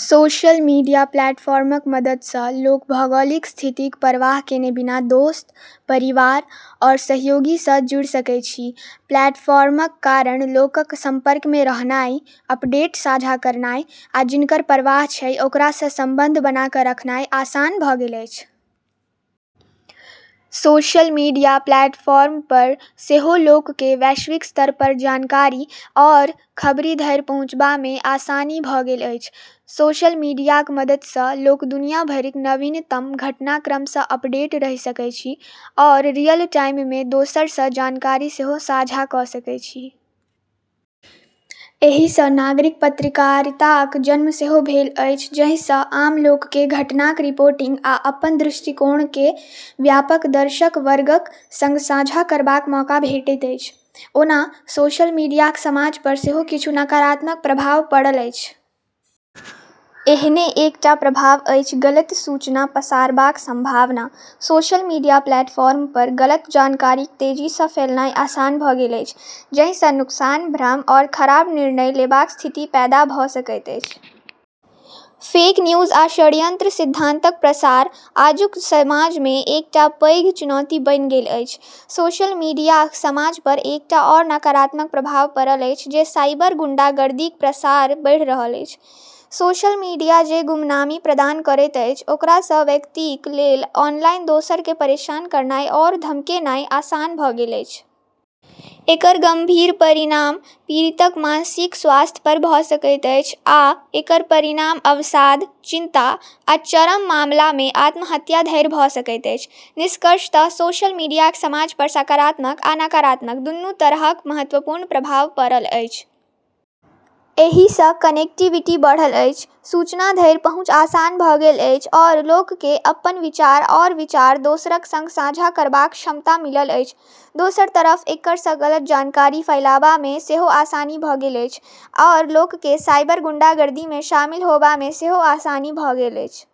Social media प्लेटफॉर्मक मदद सँ लोक भौगोलिक स्थितिक परवाह केने बिना दोस्त, परिवार, आओर सहयोगी सँ जुड़ि सकैछी। प्लेटफॉर्मक कारण लोकक संपर्कमे रहनाइ, अपडेट साझा करनाइ, आ जिनकर परवाह छै ओकरा सँ संबंध बना क’ रखनाइ आसान भ’ गेल अछि। सोशल मीडिया प्लेटफॉर्म पर सेहो लोककेँ वैश्विक स्तर पर जानकारी आओर खबरि धरि पहुँछबामे आसानी भ’ गेल अछि। सोशल मीडियाक मदद सँ लोक दुनिया भरिक नवीनतम घटनाक्रम सँ अपडेट रहि सकैछी, आओर रियल टाइममे दोसर सँ जानकारी सेहो साझा क’ सकैछी। एहि सँ नागरिक पत्रकारिताक जन्म सेहो भेल अछि, जाहि सँ आम लोककेँ घटनाक रिपोर्टिंग आ अपन दृष्टिकोणकेँ व्यापक दर्शक वर्गक संग साझा करबाक मौका भेटैत अछि। ओना सोशल मीडियाक समाज पर सेहो किछु नकारात्मक प्रभाव पड़ल अछि। एहने एकटा प्रभाव अछि गलत सूचना पसारबाक संभावना। सोशल मीडिया प्लेटफॉर्म पर गलत जानकारीक तेजी सँ फैलनाइ आसान भ’ गेल अछि, जाहि सँ नुकसान, भ्रम आओर खराब निर्णय लेबाक स्थिति पैदा भ’ सकैत अछि। फेक न्यूज आ षड्यंत्र सिद्धांतक प्रसार आजुक समाजमे एकटा पैघ चुनौती बनि गेल अछि। सोशल मीडियाक समाज पर एकटा आओर नकारात्मक प्रभाव पड़ल अछि जे साइबर गुंडागर्दीक प्रसार बढ़ि रहल अछि। सोशल मीडिया जे गुमनामी प्रदान करैत अछि, ओकरा सँ व्यक्तिक लेल ऑनलाइन दोसरकेँ परेशान करनाइ आओर धमकनाइ आसान भ’ गेल अछि। एकर गंभीर परिणाम पीड़ितक मानसिक स्वास्थ्य पर भ’ सकैत अछि आ एकर परिणाम अवसाद, चिंता आ चरम मामलामे आत्महत्या धरि भ’ सकैत अछि। निष्कर्षतः सोशल मीडियाक समाज पर सकारात्मक आ नकारात्मक दुनू तरहक महत्वपूर्ण प्रभाव पड़ल अछि। एहि सँ कनेक्टिविटी बढ़ल अछि, सूचना धरि पहुँच आसान भ’ गेल अछि आओर लोककेँ अपन विचार आओर विचार दोसरक संग साझा करबाक क्षमता मिलल अछि। दोसर तरफ एकरा सँ गलत जानकारी फैलाबामे सेहो आसानी भ’ गेल अछि, आओर लोककेँ साइबर गुंडागर्दीमे शामिल होबामे सेहो आसानी भ’ गेल अछि।